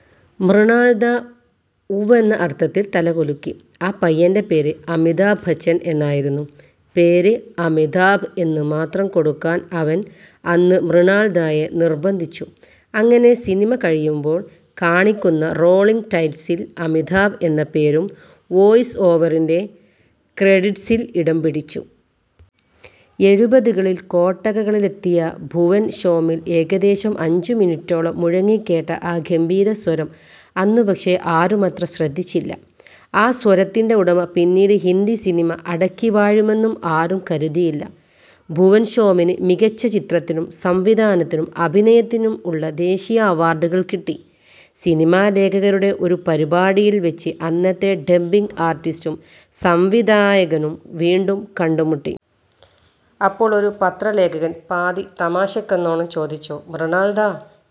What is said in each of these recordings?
" മൃണാൾ ദാ ഉവ്വെന്ന അർത്ഥത്തിൽ തലകുലുക്കി. ആ പയ്യന്റെ പേര് അമിതാഭ് ബച്ചൻ എന്നായിരുന്നു. പേര് ' അമിതാഭ് ' എന്ന് മാത്രം കൊടുക്കാൻ അവൻ അന്ന് മൃണാൾ ദായെ നിർബന്ധിച്ചു. അങ്ങനെ സിനിമ കഴിയുമ്പോൾ കാണിക്കുന്ന റോളിങ്ങ് ടൈറ്റിൽസിൽ ' അമിതാഭ് ' എന്ന പേരും വോയ്സ് ഓവറിന്റെ ക്രെഡിറ്റ്സിൽ ഇടം പിടിച്ചു. എഴുപതുകളിൽ കൊട്ടകകളിലെത്തിയ ഭുവൻ ഷോമിൽ ഏകദേശം അഞ്ചുമിനിറ്റോളം മുഴങ്ങിക്കേട്ട ആ ഗംഭീര സ്വരം അന്നുപക്ഷേ ആരുമത്ര ശ്രദ്ധിച്ചില്ല. ആ സ്വരത്തിന്റെ ഉടമ പിന്നീട് ഹിന്ദി സിനിമ അടക്കിവാഴുമെന്നും ആരും കരുതിയില്ല. ഭുവൻ ഷോമിന് മികച്ച ചിത്രത്തിനും സംവിധാനത്തിനും അഭിനയത്തിനും ഉള്ള ദേശീയ അവാർഡുകൾ കിട്ടി. സിനിമാ ലേഖകരുടെ ഒരു പരിപാടിയിൽ വെച്ച് അന്നത്തെ ഡബ്ബിങ്ങ് ആർട്ടിസ്റ്റും സംവിധായകനും വീണ്ടും കണ്ടുമുട്ടി. അപ്പോൾ ഒരു പത്ര ലേഖകൻ പാതി തമാശയ്ക്കെന്നോണം ചോദിച്ചു, " മൃണാൾ ദാ,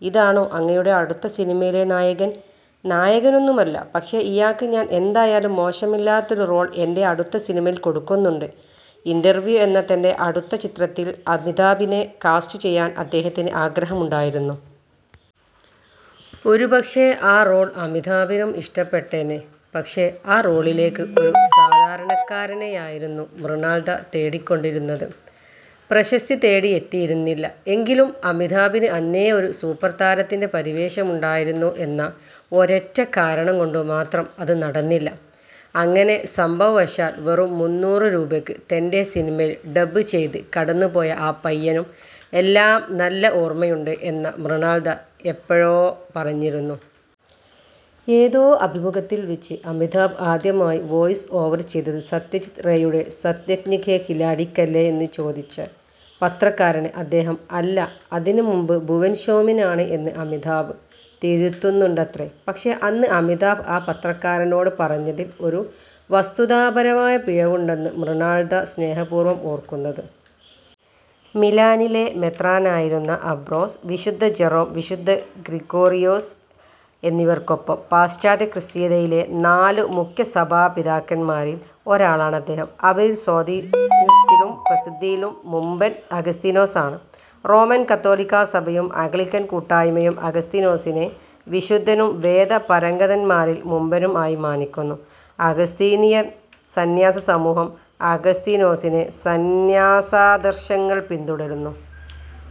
ഇതാണോ അങ്ങയുടെ അടുത്ത സിനിമയിലെ നായകൻ..? "" നായകനൊന്നുമല്ല.. പക്ഷേ, ഇയാൾക്ക് ഞാൻ എന്തായാലും മോശമില്ലാത്തൊരു റോൾ എന്റെ അടുത്ത സിനിമയിൽ കൊടുക്കുന്നുണ്ട്.. "' ഇൻറർവ്യൂ ' എന്ന തന്റെ അടുത്ത ചിത്രത്തിൽ അമിതാഭിനെ കാസ്റ്റുചെയ്യാൻ അദ്ദേഹത്തിന് ആഗ്രഹമുണ്ടായിരുന്നു. ഒരുപക്ഷേ ആ റോൾ അമിതാഭിനും ഇഷ്ടപ്പെട്ടേനെ.. പക്ഷേ, ആ റോളിലേക്ക് ഒരു സാധാരണക്കാരനെയായിരുന്നു മൃണാൾ ദാ തേടിക്കൊണ്ടിരുന്നത്. പ്രശസ്തി തേടിയെത്തിയിരുന്നില്ല എങ്കിലും, അമിതാഭിന് അന്നേ ഒരു സൂപ്പർ താരത്തിന്റെ പരിവേഷമുണ്ടായിരുന്നു എന്ന ഒരൊറ്റക്കാരണം കൊണ്ടുമാത്രം അത് നടന്നില്ല. അങ്ങനെ സംഭവശാൽ വെറും മുന്നൂറു രൂപയ്ക്ക് തന്റെ സിനിമയിൽ ഡബ്ബ് ചെയ്ത് കടന്നുപോയ ആ പയ്യനും എല്ലാം നല്ല ഓർമ്മയുണ്ട് എന്ന മൃണാൾദാ എപ്പോഴോ പറഞ്ഞിരുന്നു. ഏതോ അഭിമുഖത്തിൽ വെച്ച് അമിതാഭ് ആദ്യമായി വോയ്സ് ഓവർ ചെയ്തത് സത്യജിത് റേയുടെ " ശത്രഞ്ജ് കേ ഖിലാഡി " യ്ക്കല്ലേ എന്ന് ചോദിച്ച പത്രക്കാരനെ അദ്ദേഹം " അല്ല, അതിനും മുമ്പ് ഭുവൻ ഷോമിനാണ് " എന്ന് അമിതാഭ് തിരുത്തുന്നുണ്ടത്രേ. പക്ഷേ, അന്ന് അമിതാഭ് ആ പത്രക്കാരനോട് പറഞ്ഞതിൽ ഒരു വസ്തുതാപരമായ പിഴവുണ്ടെന്ന് മൃണാൾ ദാ സ്നേഹപൂർവ്വം ഓർക്കുന്നത്.. മിലാനിലെ മെത്രാനായിരുന്ന അബ്രോസ്, വിശുദ്ധ ജെറോം, വിശുദ്ധ ഗ്രിഗോരിയോസ് എന്നിവർക്കൊപ്പം പാശ്ചാത്യക്രിസ്തീയതയിലെ നാലു മുഖ്യസഭാപിതാക്കന്മാരിൽ ഒരാളാണ് അദ്ദേഹം. അവരിൽ സ്വാധീനത്തിലും പ്രസിദ്ധിയിലും മുമ്പൻ അഗസ്തീനോസാണ്. റോമൻ കത്തോലിക്കാ സഭയും ആംഗ്ലിക്കൻ കൂട്ടായ്മയും അഗസ്തീനോസിനെ വിശുദ്ധനും വേദപാരംഗതന്മാരിൽ മുമ്പനും ആയി മാനിക്കുന്നു. അഗസ്തീനിയൻ സന്യാസസമൂഹം ആഗസ്തീനോസിന്റെ സന്യാസാദർശങ്ങൾ പിന്തുടരുന്നു.